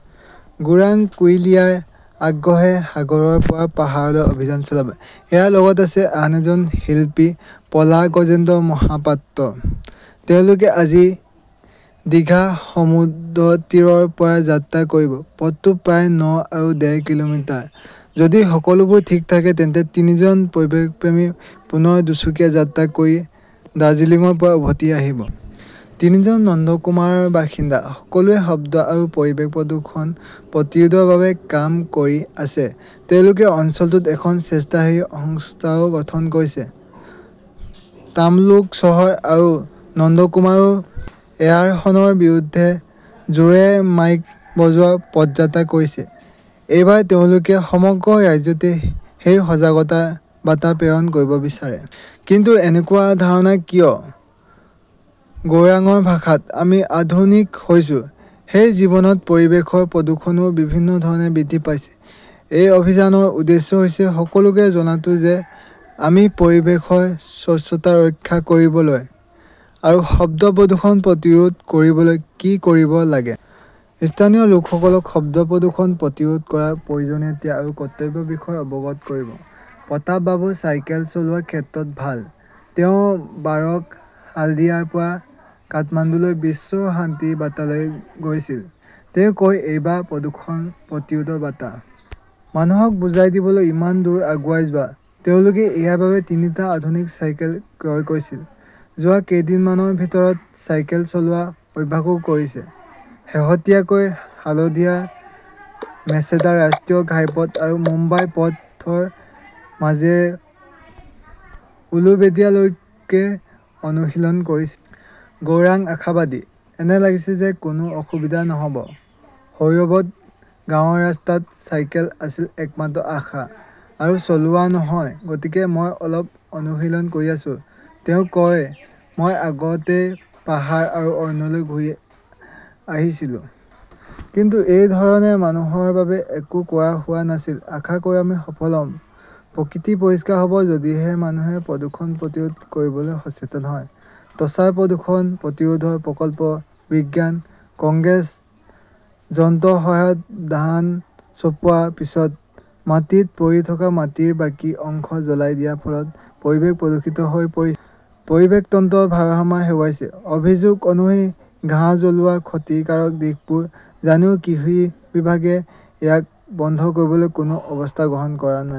গৌৰাং কুইলিয়াৰ আগ্ৰহেৰে সাগৰৰ পৰা পাহাৰলৈ অভিযান চলাব। ইয়াৰ লগত আছে আন এজন শিল্পী পলাশ গজেন্দ্ৰ মহাপাত্ৰ। তেওঁলোকে আজি, দিঘা সমুদ্ৰতীৰৰ পৰা যাত্ৰা কৰিব। পথটো প্ৰায় ন আৰু ডেৰ কিলোমিটাৰ। যদি সকলোবোৰ ঠিক থাকে, তেন্তে তিনিজন পৰিৱেশপ্ৰেমী পুনৰ দুচকীয়া যাত্ৰা কৰি দাৰ্জিলিংৰ পৰা উভতি আহিব। তিনিওজন নন্দকুমাৰৰ বাসিন্দা। সকলোৱে শব্দ আৰু পৰিৱেশ প্ৰদূষণ প্ৰতিৰোধৰ বাবে কাম কৰি আছে। তেওঁলোকে অঞ্চলটোত এখন স্বেচ্ছাসেৱী সংস্থাও গঠন কৰিছে। তাম্লুক চহৰ আৰু নন্দকুমাৰেও এয়াৰহৰ্নৰ বিৰুদ্ধে জোৰেৰে মাইক বজোৱা পদযাত্ৰা কৰিছে। এইবাৰ তেওঁলোকে সমগ্ৰ ৰাজ্যতে সেই সজাগতাৰ বাৰ্তা প্ৰেৰণ কৰিব বিচাৰে। কিন্তু এনেকুৱা ধাৰণা কিয়? গৌৰাংৰ ভাষাত, 'আমি আধুনিক হৈছো। সেই জীৱনত পৰিৱেশৰ প্ৰদূষণও বিভিন্ন ধৰণে বৃদ্ধি পাইছে। এই অভিযানৰ উদ্দেশ্য হৈছে সকলোকে জনাটো যে আমি পৰিৱেশৰ স্বচ্ছতা ৰক্ষা কৰিবলৈ আৰু শব্দ প্ৰদূষণ প্ৰতিৰোধ কৰিবলৈ কি কৰিব লাগে। স্থানীয় লোকসকলক শব্দ প্ৰদূষণ প্ৰতিৰোধ কৰাৰ প্ৰয়োজনীয়তা আৰু কৰ্তব্যৰ বিষয়ে অৱগত কৰিব। প্ৰতাপ বাবু চাইকেল চলোৱাৰ ক্ষেত্ৰত ভাল। তেওঁ বাৰক হালদিয়াৰ পৰা কাঠমাণ্ডুলৈ বিশ্ব শান্তিৰ বাৰ্তা লৈ গৈছিল। তেওঁ কয়, 'এইবাৰ প্ৰদূষণ প্ৰতিৰোধৰ বাৰ্তা। মানুহক বুজাই দিবলৈ ইমান দূৰ আগুৱাই যোৱা। তেওঁলোকে ইয়াৰ বাবে তিনিটা আধুনিক চাইকেল ক্ৰয় কৰিছিল। যোৱা কেইদিনমানৰ ভিতৰত চাইকেল চলোৱাৰ অভ্যাসও কৰিছে। শেহতীয়াকৈ হালদিয়া-মেচেদা ৰাষ্ট্ৰীয় ঘাইপথ আৰু মুম্বাই পথৰ মাজেৰে উলুবেদিয়ালৈকে অনুশীলন কৰিছে। গৌৰাং আশাবাদী, 'এনে লাগিছে যে কোনো অসুবিধা নহ' ব। শৈশৱত গাঁৱৰ ৰাস্তাত চাইকেল আছিল একমাত্ৰ আশা। আৰু চলোৱা নহয়। গতিকে মই অলপ অনুশীলন কৰি আছোঁ। তেওঁ কয়, 'মই আগতে পাহাৰ আৰু অৰণ্যলৈ ঘূৰি আহিছিলো। কিন্তু এই ধৰণে মানুহৰ বাবে একো কৰা হোৱা নাছিল। আশা কৰোঁ আমি সফল হ'ম। প্ৰকৃতি পৰিষ্কাৰ হ 'ব যদিহে মানুহে প্ৰদূষণ প্ৰতিৰোধ কৰিবলৈ সচেতন হয়। টৰ্চাৰ প্ৰদূষণ প্ৰতিৰোধৰ প্ৰকল্প বিজ্ঞান কংগ্ৰেছ যন্ত্ৰৰ সহায়ত ধান চপোৱাৰ পিছত মাটিত পৰি থকা মাটিৰ বাকী অংশ জ্বলাই দিয়াৰ ফলত পৰিৱেশ প্ৰদূষিত হৈ পৰিছে। পৰিৱেশ তন্ত্ৰৰ ভাৰসাম্য হেৰুৱাইছে। অভিযোগ অনুসৰি, ঘাঁহ জ্বলোৱাৰ ক্ষতিকাৰক দিশবোৰ জানিও কৃষি বিভাগে ইয়াক বন্ধ কৰিবলৈ কোনো অৱস্থা গ্ৰহণ কৰা নাই।